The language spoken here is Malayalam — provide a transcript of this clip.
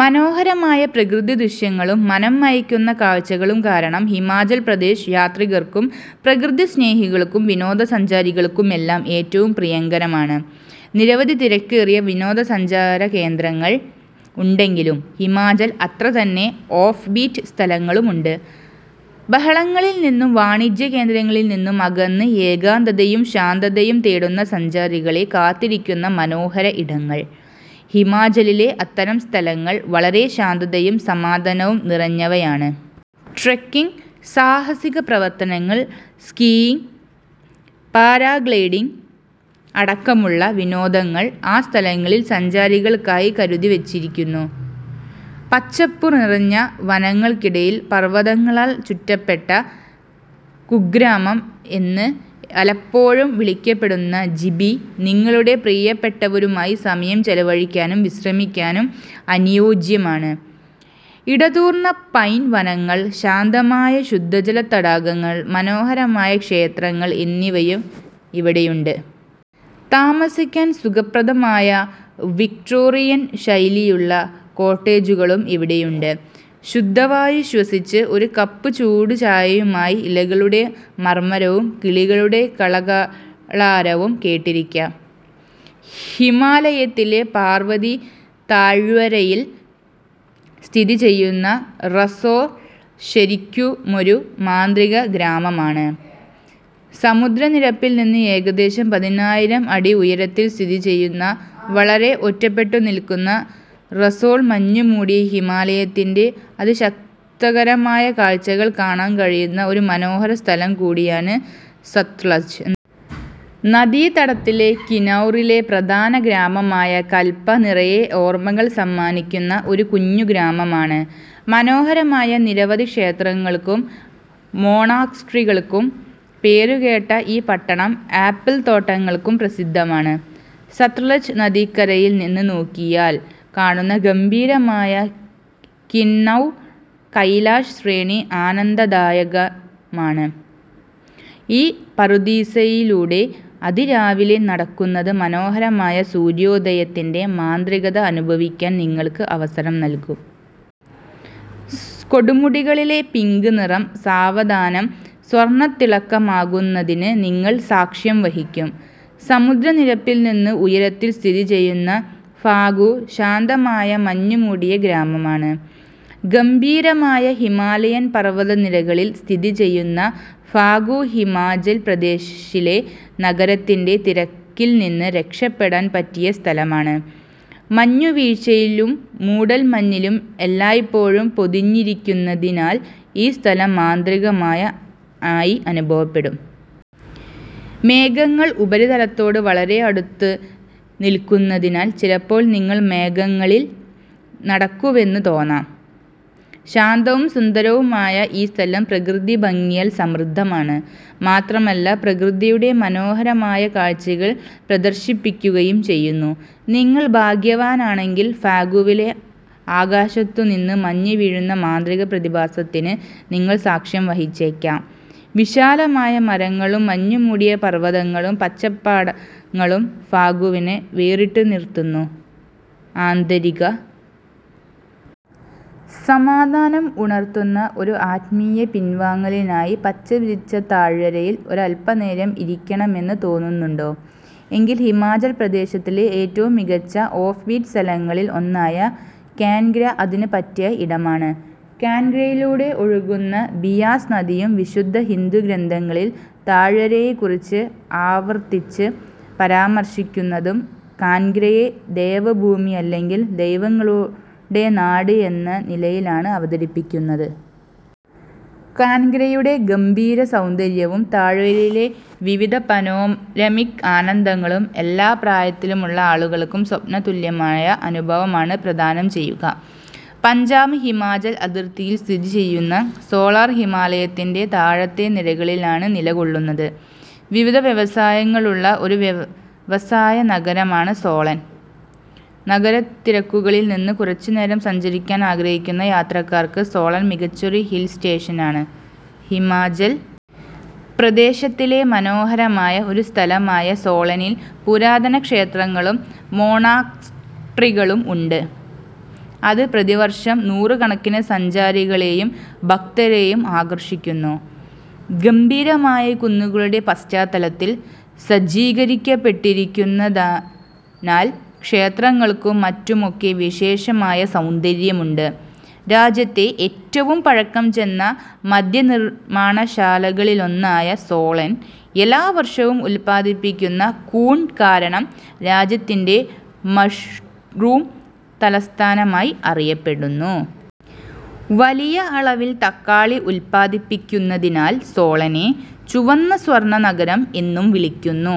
മനോഹരമായ പ്രകൃതിദൃശ്യങ്ങളും മനംമയക്കുന്ന കാഴ്ചകളും കാരണം ഹിമാചൽ പ്രദേശ് യാത്രികർക്കും പ്രകൃതിസ്നേഹികൾക്കും വിനോദസഞ്ചാരികൾക്കുമെല്ലാം ഏറ്റവും പ്രിയങ്കരമാണ്. നിരവധി തിരക്കേറിയ വിനോദസഞ്ചാരകേന്ദ്രങ്ങൾ ഉണ്ടെങ്കിലും ഹിമാചലിൽ അത്രതന്നെ ഓഫ്‌ബീറ്റ് സ്ഥലങ്ങളുമുണ്ട്. ബഹളങ്ങളിൽനിന്നും വാണിജ്യകേന്ദ്രങ്ങളിൽനിന്നും അകന്ന് ഏകാന്തതയും ശാന്തതയും തേടുന്ന സഞ്ചാരികളെ കാത്തിരിക്കുന്ന മനോഹര ഇടങ്ങൾ. ഹിമാചലിലെ അത്തരം സ്ഥലങ്ങൾ വളരെ ശാന്തതയും സമാധാനവും നിറഞ്ഞവയാണ്. ട്രെക്കിങ്, സാഹസിക പ്രവർത്തനങ്ങൾ, സ്കീയിങ്, പാരാഗ്ലൈഡിങ് അടക്കമുള്ള വിനോദങ്ങൾ ആ സ്ഥലങ്ങൾ സഞ്ചാരികൾക്കായി കരുതിവച്ചിരിക്കുന്നു. പച്ചപ്പുനിറഞ്ഞ വനങ്ങൾക്കിടയിൽ പർവതങ്ങളാൽ ചുറ്റപ്പെട്ട കുഗ്രാമം എന്ന് പലപ്പോഴും വിളിക്കപ്പെടുന്ന ജിബി നിങ്ങളുടെ പ്രിയപ്പെട്ടവരുമായി സമയം ചെലവഴിക്കാനും വിശ്രമിക്കാനും അനുയോജ്യമാണ്. ഇടതൂർന്ന പൈൻ വനങ്ങൾ, ശാന്തമായ ശുദ്ധജല തടാകങ്ങൾ, മനോഹരമായ ക്ഷേത്രങ്ങൾ എന്നിവ ഇവിടെയുണ്ട്. താമസിക്കാൻ സുഖപ്രദമായ വിക്ടോറിയൻ ശൈലിയിലുള്ള കോട്ടേജുകളും ഇവിടെയുണ്ട്. ശുദ്ധവായു ശ്വസിച്ച് ഒരു കപ്പ് ചൂടുചായയുമായി ഇലകളുടെ മർമരവും കിളികളുടെ കളകളാരവവും കേട്ടിരിക്കാം. ഹിമാലയത്തിലെ പാർവതി താഴ്വരയിൽ സ്ഥിതി ചെയ്യുന്ന റസോൾ ശരിക്കുമൊരു മാന്ത്രിക ഗ്രാമമാണ്. സമുദ്രനിരപ്പിൽനിന്ന് ഏകദേശം പതിനായിരം അടി ഉയരത്തിൽ സ്ഥിതിചെയ്യുന്ന വളരെ ഒറ്റപ്പെട്ടുനിൽക്കുന്ന റസോൾ മഞ്ഞുമൂടിയ ഹിമാലയത്തിൻ്റെ അതിശയകരമായ കാഴ്ചകൾ കാണാൻ കഴിയുന്ന ഒരു മനോഹര സ്ഥലം കൂടിയാണ്. സത്ലജ് നദീതടത്തിലെ കിന്നൗറിലെ പ്രധാന ഗ്രാമമായ കൽപ നിറയെ ഓർമകൾ സമ്മാനിക്കുന്ന ഒരു കുഞ്ഞുഗ്രാമമാണ്. മനോഹരമായ നിരവധി ക്ഷേത്രങ്ങൾക്കും മൊണാസ്ട്രികൾക്കും പേരുകേട്ട ഈ പട്ടണം ആപ്പിൾ തോട്ടങ്ങൾക്കും പ്രസിദ്ധമാണ്. സത്ലജ് നദിക്കരയിൽനിന്ന് നോക്കിയാൽ കാണുന്ന ഗംഭീരമായ കിന്നൗർ കൈലാഷ് ശ്രേണി ആനന്ദദായകമാണ്. ഈ പറുദീസയിലൂടെ അതിരാവിലെ നടക്കുന്നത് മനോഹരമായ സൂര്യോദയത്തിൻ്റെ മാന്ത്രികത അനുഭവിക്കാൻ നിങ്ങൾക്ക് അവസരം നൽകും. കൊടുമുടികളിലെ പിങ്ക് നിറം സാവധാനം സ്വർണത്തിളക്കമാകുന്നതിന് നിങ്ങൾ സാക്ഷ്യം വഹിക്കും. സമുദ്രനിരപ്പിൽനിന്ന് ഉയരത്തിൽ സ്ഥിതി ചെയ്യുന്ന ഫാഗു ശാന്തമായ മഞ്ഞുമൂടിയ ഗ്രാമമാണ്. ഗംഭീരമായ ഹിമാലയൻ പർവതനിരകളിൽ സ്ഥിതി ചെയ്യുന്ന ഫാഗു ഹിമാചൽ പ്രദേശിലെ നഗരത്തിൻ്റെ തിരക്കിൽനിന്ന് രക്ഷപ്പെടാൻ പറ്റിയ സ്ഥലമാണ്. മഞ്ഞുവീഴ്ചയിലും മൂടൽമഞ്ഞിലും എല്ലായ്പ്പോഴും പൊതിഞ്ഞിരിക്കുന്നതിനാൽ ഈ സ്ഥലം മാന്ത്രികമായ യയി അനുഭവപ്പെടും. മേഘങ്ങൾ ഉപരിതലത്തോട് വളരെ അടുത്ത് നിൽക്കുന്നതിനാൽ ചിലപ്പോൾ നിങ്ങൾ മേഘങ്ങളിൽ നടക്കുന്നുവെന്ന് തോന്നാം. ശാന്തവും സുന്ദരവുമായ ഈ സ്ഥലം പ്രകൃതിഭംഗിയാൽ സമൃദ്ധമാണ്. മാത്രമല്ല, പ്രകൃതിയുടെ മനോഹരമായ കാഴ്ചകൾ പ്രദർശിപ്പിക്കുകയും ചെയ്യുന്നു. നിങ്ങൾ ഭാഗ്യവാനാണെങ്കിൽ ഫാഗുവിലെ ആകാശത്തുനിന്ന് മഞ്ഞ് വീഴുന്ന മാന്ത്രിക പ്രതിഭാസത്തിന് നിങ്ങൾ സാക്ഷ്യം വഹിച്ചേക്കാം. വിശാലമായ മരങ്ങളും മഞ്ഞുമൂടിയ പർവതങ്ങളും പച്ചപ്പാടങ്ങളും ഫാഗുവിനെ വേറിട്ടുനിർത്തുന്നു. ആന്തരിക സമാധാനം ഉണർത്തുന്ന ഒരു ആത്മീയ പിൻവാങ്ങലിനായി പച്ചവിരിച്ച താഴ്വരയിൽ ഒരൽപനേരം ഇരിക്കണമെന്ന് തോന്നുന്നുണ്ടോ. എങ്കിൽ ഹിമാചൽ പ്രദേശിലെ ഏറ്റവും മികച്ച ഓഫ്‌ബീറ്റ് സ്ഥലങ്ങളിൽ ഒന്നായ കാൻഗ്ര അതിന് പറ്റിയ ഇടമാണ്. കാൻഗ്രയിലൂടെ ഒഴുകുന്ന ബിയാസ് നദിയും വിശുദ്ധ ഹിന്ദു ഗ്രന്ഥങ്ങളിൽ താഴ്വരയെക്കുറിച്ച് ആവർത്തിച്ച് പരാമർശിക്കുന്നതും കാൻഗ്രയെ ദേവഭൂമി അല്ലെങ്കിൽ ദൈവങ്ങളുടെ നാട് എന്ന നിലയിലാണ് അവതരിപ്പിക്കുന്നത്. കാൻഗ്രയുടെ ഗംഭീരസൗന്ദര്യവും താഴ്വരയിലെ വിവിധ പനോരമിക് ആനന്ദങ്ങളും എല്ലാ പ്രായത്തിലുമുള്ള ആളുകൾക്കും സ്വപ്നതുല്യമായ അനുഭവമാണ് പ്രദാനം ചെയ്യുക. പഞ്ചാബ് ഹിമാചൽ അതിർത്തിയിൽ സ്ഥിതി ചെയ്യുന്ന സോളൻ ഹിമാലയത്തിൻ്റെ താഴത്തെ നിരകളിലാണ് നിലകൊള്ളുന്നത്. വിവിധ വ്യവസായങ്ങളുള്ള ഒരു വ്യവസായ നഗരമാണ് സോളൻ. നഗരത്തിരക്കുകളിൽനിന്ന് കുറച്ചുദൂരം സഞ്ചരിക്കാൻ ആഗ്രഹിക്കുന്ന യാത്രക്കാർക്ക് സോളൻ മികച്ചൊരു ഹിൽ സ്റ്റേഷനാണ്. ഹിമാചൽ പ്രദേശിലെ മനോഹരമായ ഒരു സ്ഥലമായ സോളനിൽ പുരാതന ക്ഷേത്രങ്ങളും മൊണാസ്ട്രികളും ഉണ്ട്. അത് പ്രതിവർഷം നൂറുകണക്കിന് സഞ്ചാരികളെയും ഭക്തരെയും ആകർഷിക്കുന്നു. ഗംഭീരമായ കുന്നുകളുടെ പശ്ചാത്തലത്തിൽ സജ്ജീകരിക്കപ്പെട്ടിരിക്കുന്നതിനാൽ ക്ഷേത്രങ്ങൾക്കും മറ്റുമൊക്കെ വിശേഷമായ സൗന്ദര്യമുണ്ട്. രാജ്യത്തെ ഏറ്റവും പഴക്കംചെന്ന മദ്യനിർമാണശാലകളിലൊന്നായ സോളൻ എല്ലാ വർഷവും ഉൽപാദിപ്പിക്കുന്ന കൂൺ കാരണം രാജ്യത്തിൻ്റെ മഷ്റൂം തലസ്ഥാനമായി അറിയപ്പെടുന്നു. വലിയ അളവിൽ തക്കാളി ഉത്പാദിപ്പിക്കുന്നതിനാൽ സോളനെ ചുവന്ന സ്വർണ നഗരം എന്നും വിളിക്കുന്നു.